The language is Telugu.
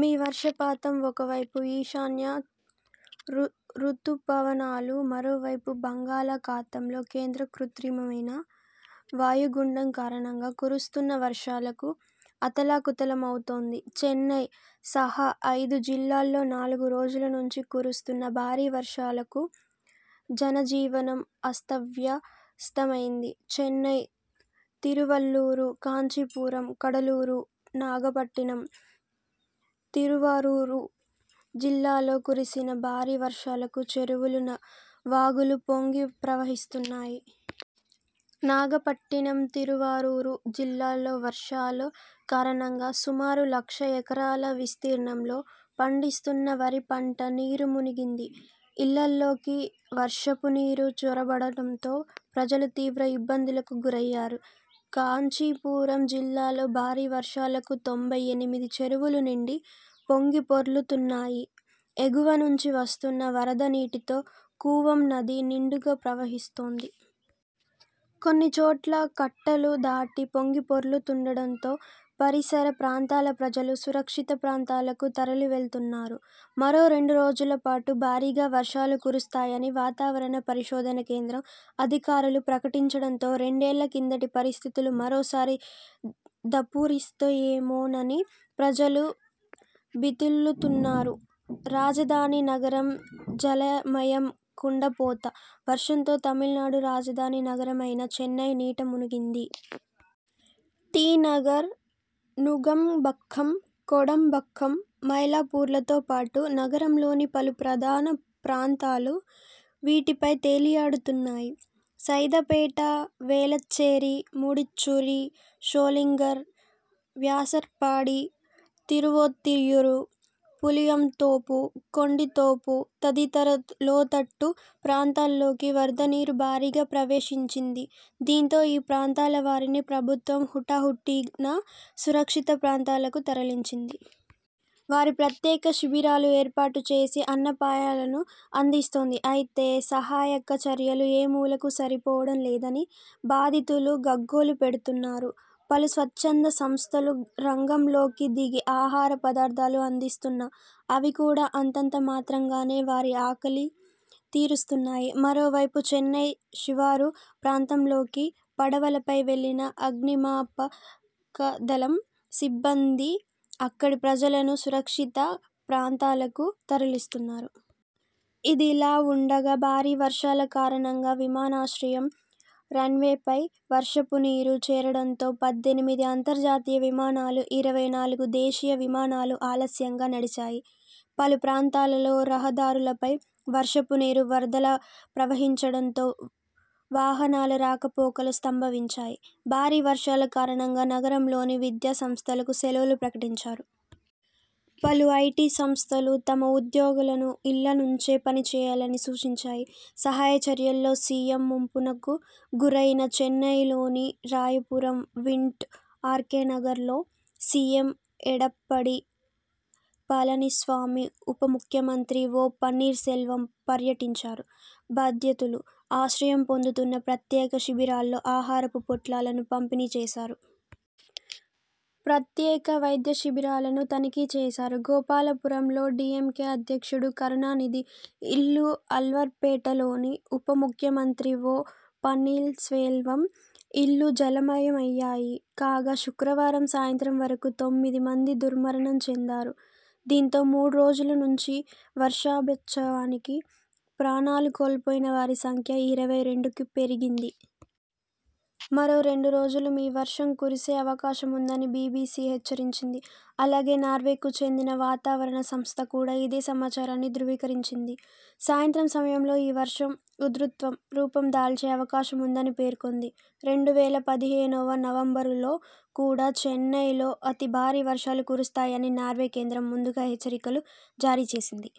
మీ వర్షపాతం ఓవైపు ఈశాన్య రుతు రుతుపవనాలు మరోవైపు బంగాళాఖాతంలో కేంద్రీకృతమైన వాయుగుండం కారణంగా కురుస్తున్న వర్షాలకు అతలాకుతలమవుతోంది. చెన్నై సహా ఐదు జిల్లాల్లో నాలుగు రోజుల నుంచి కురుస్తున్న భారీ వర్షాలకు జనజీవనం అస్తవ్యస్తమైంది. చెన్నై, తిరువళ్లూరు, కాంచీపురం, కడలూరు, నాగపట్టినం, తిరువారూరు జిల్లాల్లో కురిసిన భారీ వర్షాలకు చెరువులు, వాగులు పొంగి ప్రవహిస్తున్నాయి. నాగపట్టినం, తిరువారూరు జిల్లాల్లో వర్షాల కారణంగా సుమారు లక్ష ఎకరాల విస్తీర్ణంలో పండిస్తున్న వరి పంట నీటమునిగింది. ఇళ్లలోకి వర్షపు నీరు చొరబడటంతో ప్రజలు తీవ్ర ఇబ్బందులకు గురయ్యారు. కాంచీపురం జిల్లాల్లో భారీ వర్షాలకు తొంభై ఎనిమిది చెరువులు నిండి పొంగిపొర్లుతున్నాయి. ఎగువ నుంచి వస్తున్న వరద నీటితో కూవం నది నిండుగా ప్రవహిస్తోంది. కొన్నిచోట్ల కట్టలు దాటి పొంగిపొర్లుతుండటంతో పరిసర ప్రాంతాల ప్రజలు సురక్షిత ప్రాంతాలకు తరలివెళ్తున్నారు. మరో రెండు రోజులపాటు భారీగా వర్షాలు కురుస్తాయని వాతావరణ పరిశోధన కేంద్రం అధికారులు ప్రకటించడంతో రెండేళ్ల కిందటి పరిస్థితులు మరోసారి దపురిస్తాయేమోనని ప్రజలు భీతిల్లుతున్నారు. రాజధాని నగరం జలమయం కుండపోత వర్షంతో తమిళనాడు రాజధాని నగరమైన చెన్నై నీట మునిగింది. టి. నగర్, నుంగంబాక్కం, కోడంబాక్కం, మైలాపూర్లతో పాటు నగరంలోని పలు ప్రధాన ప్రాంతాలు నీటిపై తేలియాడుతున్నాయి. సైదాపేట, వేళచ్చేరి, ముడిచ్చూరి, షోళింగర్, వ్యాసర్పాడి, తిరువొత్తియూరు, పులియాంతోపు, కొండితోపు తదితర లోతట్టు ప్రాంతాల్లోకి వరదనీరు భారీగా ప్రవేశించింది. దీంతో ఈ ప్రాంతాలవారిని ప్రభుత్వం హుటాహుటిన సురక్షిత ప్రాంతాలకు తరలించింది. వారికి ప్రత్యేక శిబిరాలు ఏర్పాటు చేసి అన్నపాయాలను అందిస్తోంది. అయితే సహాయక చర్యలు ఏ మూలకూ సరిపోవడం లేదని బాధితులు గగ్గోలు పెడుతున్నారు. పలు స్వచ్ఛంద సంస్థలు రంగంలోకి దిగి ఆహార పదార్థాలు అందిస్తున్నా అవి కూడా అంతంతమాత్రంగానే వారి ఆకలి తీరుస్తున్నాయి. మరోవైపు చెన్నై శివారు ప్రాంతాల్లోకి పడవలపై వెళ్లిన అగ్నిమాపకదళం సిబ్బంది అక్కడి ప్రజలను సురక్షిత ప్రాంతాలకు తరలిస్తున్నారు. ఇదిలా ఉండగా, భారీ వర్షాల కారణంగా విమానాశ్రయం రన్వేపైకి వర్షపునీరు చేరడంతో పద్దెనిమిది అంతర్జాతీయ విమానాలు, ఇరవై నాలుగు దేశీయ విమానాలు ఆలస్యంగా నడిచాయి. పలు ప్రాంతాల్లో రహదారులపై వర్షపు నీరు వరదలా ప్రవహించడంతో వాహనాల రాకపోకలు స్తంభివిన్చాయి. భారీ వర్షాల కారణంగా నగరంలోని విద్యా సంస్థలకు సెలవులు ప్రకటించారు. పలు ఐటీ సంస్థలు తమ ఉద్యోగులను ఇళ్లనుంచే పనిచేయాలని సూచించాయి. సహాయ చర్యల్లో సీఎంముంపునకు గురయిన చెన్నైలోని రాయపురం, మింట్, ఆర్కేనగర్లో సీఎం ఎడప్పాడి పళనిస్వామి, ఉప ముఖ్యమంత్రి ఒ. పన్నీర్ సెల్వం పర్యటించారు. బాధితులు ఆశ్రయం పొందుతున్న ప్రత్యేక శిబిరాల్లో ఆహారపు పొట్లాలను పంపిణీ చేశారు. ప్రత్యేక వైద్యశిబిరాలను తనిఖీచేశారు. గోపాలపురం లో డీఎంకే అధ్యక్షుడు కరుణానిధి ఇల్లు, ఆళ్వార్పేటలోని ఉప ముఖ్యమంత్రి ఒ. పన్నీర్సెల్వం ఇల్లు జలమయమయ్యాయి. కాగా, శుక్రవారం సాయంత్రం వరకూ తొమ్మిదిమంది దుర్మరణం చెందారు. దీంతో మూడు రోజుల నుంచి వర్షభత్సానికి ప్రాణాలు కోల్పోయినవారి సంఖ్య ఇరవై రెండుకి పెరిగింది. మరో రెండు రోజులూ మీ వర్షం కురిసే అవకాశముందని బీబీసీ హెచ్చరించింది. అలాగే, నార్వేకు చెందిన వాతావరణ సంస్థ కూడా ఇదే సమాచారాన్ని ధ్రువీకరించింది. సాయంత్రం సమయాల్లో ఈ వర్షం ఉధృతం రూపం దాల్చే అవకాశముందని పేర్కొంది. రెండు వేల పదిహేనువ నవంబరులో కూడా చెన్నైలో అతిభారీ వర్షాలు కురుస్తాయని నార్వే కేంద్రం ముందుగా హెచ్చరికలు జారీచేసింది.